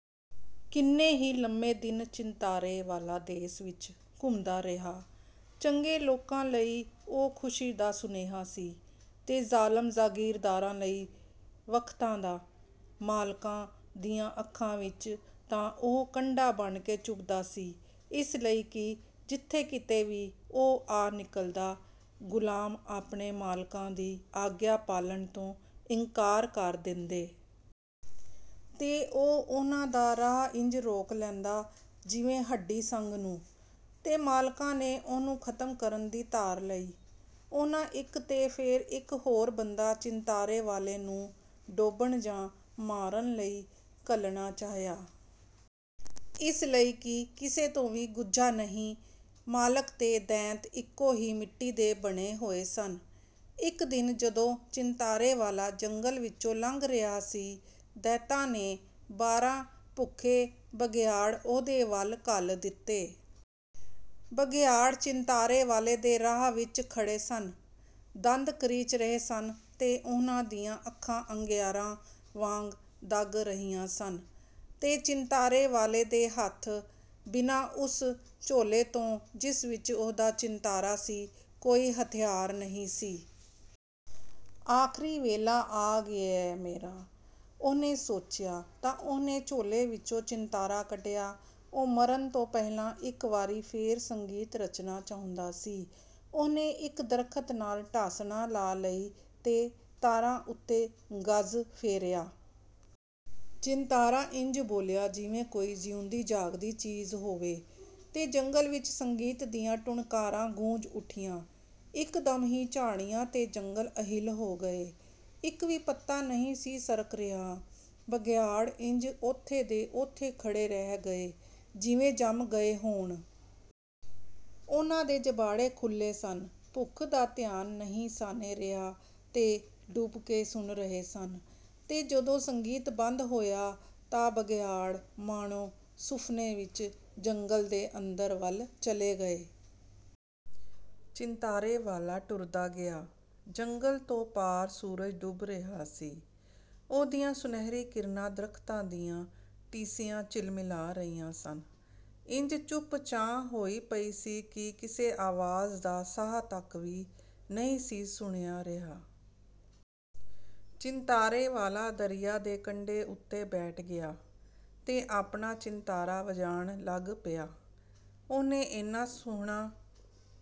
ਕਿੰਨੇ ਹੀ ਲੰਮੇ ਦਿਨ ਚਿੰਤਾਰੇ ਵਾਲਾ ਦੇਸ ਵਿੱਚ ਘੁੰਮਦਾ ਰਿਹਾ। ਚੰਗੇ ਲੋਕਾਂ ਲਈ ਉਹ ਖੁਸ਼ੀ ਦਾ ਸੁਨੇਹਾ ਸੀ, ਤੇ ਜ਼ਾਲਮ ਜਾਗੀਰਦਾਰਾਂ ਲਈ ਵਖ਼ਤਾਂ ਦਾ। ਮਾਲਕਾਂ ਦੀਆਂ ਅੱਖਾਂ ਵਿੱਚ ਤਾਂ ਉਹ ਕੰਡਾ ਬਣ ਕੇ ਚੁਭਦਾ ਸੀ, ਇਸ ਲਈ ਕਿ ਜਿਥੇ ਕਿਤੇ ਵੀ ਉਹ ਆ ਨਿਕਲਦਾ, ਗੁਲਾਮ ਆਪਣੇ ਮਾਲਕਾਂ ਦੀ ਆਗਿਆ ਪਾਲਣ ਤੋਂ ਇਨਕਾਰ ਕਰ ਦੇਂਦੇ। ਤੇ ਉਹ ਉਹਨਾਂ ਦਾ ਰਾਹ ਇੰਜ ਰੋਕ ਲੈਂਦਾ, ਜਿਵੇਂ ਹੱਡੀ ਸੰਘ ਨੂੰ। ਤੇ ਮਾਲਕਾਂ ਨੇ ਉਹਨੂੰ ਖ਼ਤਮ ਕਰਨ ਦੀ ਧਾਰ ਲਈ। ਉਹਨਾਂ ਇੱਕ ਤੇ ਫੇਰ ਇੱਕ ਹੋਰ ਬੰਦਾ ਚਿੰਤਾਰੇ ਵਾਲੇ ਨੂੰ ਡੋਬਣ ਜਾਂ ਮਾਰਨ ਲਈ ਘੱਲਣਾ ਚਾਹਿਆ। ਇਸ ਲਈ ਕਿ ਕਿਸੇ ਤੋਂ ਵੀ ਗੁੱਝਾ ਨਹੀਂ, ਮਾਲਕ ਤੇ ਦੈਂਤ ਇਕੋ ਹੀ ਮਿੱਟੀ ਦੇ ਬਣੇ ਹੋਏ ਸਨ। ਇੱਕ ਦਿਨ ਜਦੋਂ ਚਿੰਤਾਰੇ ਵਾਲਾ ਜੰਗਲ ਵਿਚੋਂ ਲੰਘ ਰਿਹਾ ਸੀ, ਦੈਂਤਾਂ ਨੇ ਬਾਰਾਂ ਭੁੱਖੇ ਬਘਿਆੜ ਉਹਦੇ ਵਲ ਘੱਲ ਦਿੱਤੇ। ਬਘਿਆੜ ਚਿੰਤਾਰੇ ਵਾਲੇ ਦੇ ਰਾਹ ਵਿੱਚ ਖੜੇ ਸਨ, ਦੰਦ ਕਰੀਚ ਰਹੇ ਸਨ ਤੇ ਉਹਨਾਂ ਦੀਆਂ ਅੱਖਾਂ ਅੰਗਿਆਰਾਂ ਵਾਂਗ ਦੱਗ ਰਹੀਆਂ ਸਨ। ਤੇ ਚਿੰਤਾਰੇ ਵਾਲੇ ਦੇ ਹੱਥ, ਬਿਨਾਂ ਉਸ ਝੋਲੇ ਤੋਂ ਜਿਸ ਵਿੱਚ ਉਹਦਾ ਚਿੰਤਾਰਾ ਸੀ, ਕੋਈ ਹਥਿਆਰ ਨਹੀਂ ਸੀ। "ਆਖ਼ਰੀ ਵੇਲਾ ਆ ਗਿਐ ਮੇਰਾ," ਉਹਨੇ ਸੋਚਿਆ। ਤਾਂ ਉਹਨੇ ਝੋਲੇ ਵਿਚੋਂ ਚਿੰਤਾਰਾ ਕੱਢਿਆ। ਉਹ ਮਰਨ ਤੋਂ ਪਹਿਲਾਂ ਇੱਕ ਵਾਰੀ ਫੇਰ ਸੰਗੀਤ ਰਚਣਾ ਚਾਹੁੰਦਾ ਸੀ। ਉਹਨੇ ਇੱਕ ਦਰਖ਼ਤ ਨਾਲ ਢਾਸਣਾ ਲਾ ਲਈ ਤੇ ਤਾਰਾਂ ਉਤੇ ਗਜ਼ ਫੇਰਿਆ। ਚਿੰਤਾਰਾ ਇੰਜ ਬੋਲਿਆ, ਜਿਵੇਂ ਕੋਈ ਜਿਊਂਦੀ-ਜਾਗਦੀ ਚੀਜ਼ ਹੋਵੇ, ਤੇ ਜੰਗਲ ਵਿੱਚ ਸੰਗੀਤ ਦੀਆਂ ਟੁਣਕਾਰਾਂ ਗੂੰਜ ਉੱਠੀਆਂ। ਇਕਦਮ ਹੀ ਝਾੜੀਆਂ ਤੇ ਜੰਗਲ ਅਹਿੱਲ ਹੋ ਗਏ, ਇੱਕ ਵੀ ਪੱਤਾ ਨਹੀਂ ਸੀ ਸਰਕ ਰਿਹਾ; ਬਘਿਆੜ ਇੰਜ ਓਥੇ ਦੇ ਓਥੇ ਖੜੇ ਰਹਿ ਗਏ, ਜਿਵੇਂ ਜੰਮ ਗਏ ਹੋਣ। ਉਹਨਾਂ ਦੇ ਜਬਾੜੇ ਖੁੱਲ੍ਹੇ ਸਨ, ਭੁੱਖ ਦਾ ਧਿਆਨ ਨਹੀਂ ਸਾਨੇਂ ਰਿਹਾ ਤੇ ਡੁੱਬ ਕੇ ਸੁਣ ਰਹੇ ਸਨ। ਤੇ ਜਦੋਂ ਸੰਗੀਤ ਬੰਦ ਹੋਇਆ, ਤਾਂ ਬਘਿਆੜ, ਮਾਣੋ ਸੁਫ਼ਨੇ ਵਿੱਚ, ਜੰਗਲ ਦੇ ਅੰਦਰ ਵੱਲ ਚਲੇ ਗਏ। ਚਿੰਤਾਰੇ ਵਾਲਾ ਟੁਰਦਾ ਗਿਆ। ਜੰਗਲ ਤੋਂ ਪਾਰ ਸੂਰਜ ਡੁੱਬ ਰਿਹਾ ਸੀ, ਉਹਦੀਆਂ ਸੁਨਹਿਰੀ ਕਿਰਨਾਂ ਦਰਖ਼ਤਾਂ ਦੀਆਂ ਟੀਸੀਆਂ ਝਿਲਮਿਲਾ ਰਹੀਆਂ ਸਨ। ਇੰਜ ਚੁੱਪ-ਚਾਂ ਹੋਈ ਪਈ ਸੀ ਕਿ ਕਿਸੇ ਆਵਾਜ਼ ਦਾ ਸਾਹ ਤਕ ਵੀ ਨਹੀਂ ਸੀ ਸੁਣਿਆ ਰਿਹਾ। ਚਿੰਤਾਰੇ ਵਾਲਾ ਦਰਿਆ ਦੇ ਕੰਢੇ ਉਤੇ ਬੈਠ ਗਿਆ, ਤੇ ਆਪਣਾ ਚਿੰਤਾਰਾ ਵਜਾਣ ਲੱਗ ਪਿਆ। ਉਹਨੇ ਏਨਾ ਸੁਹਣਾ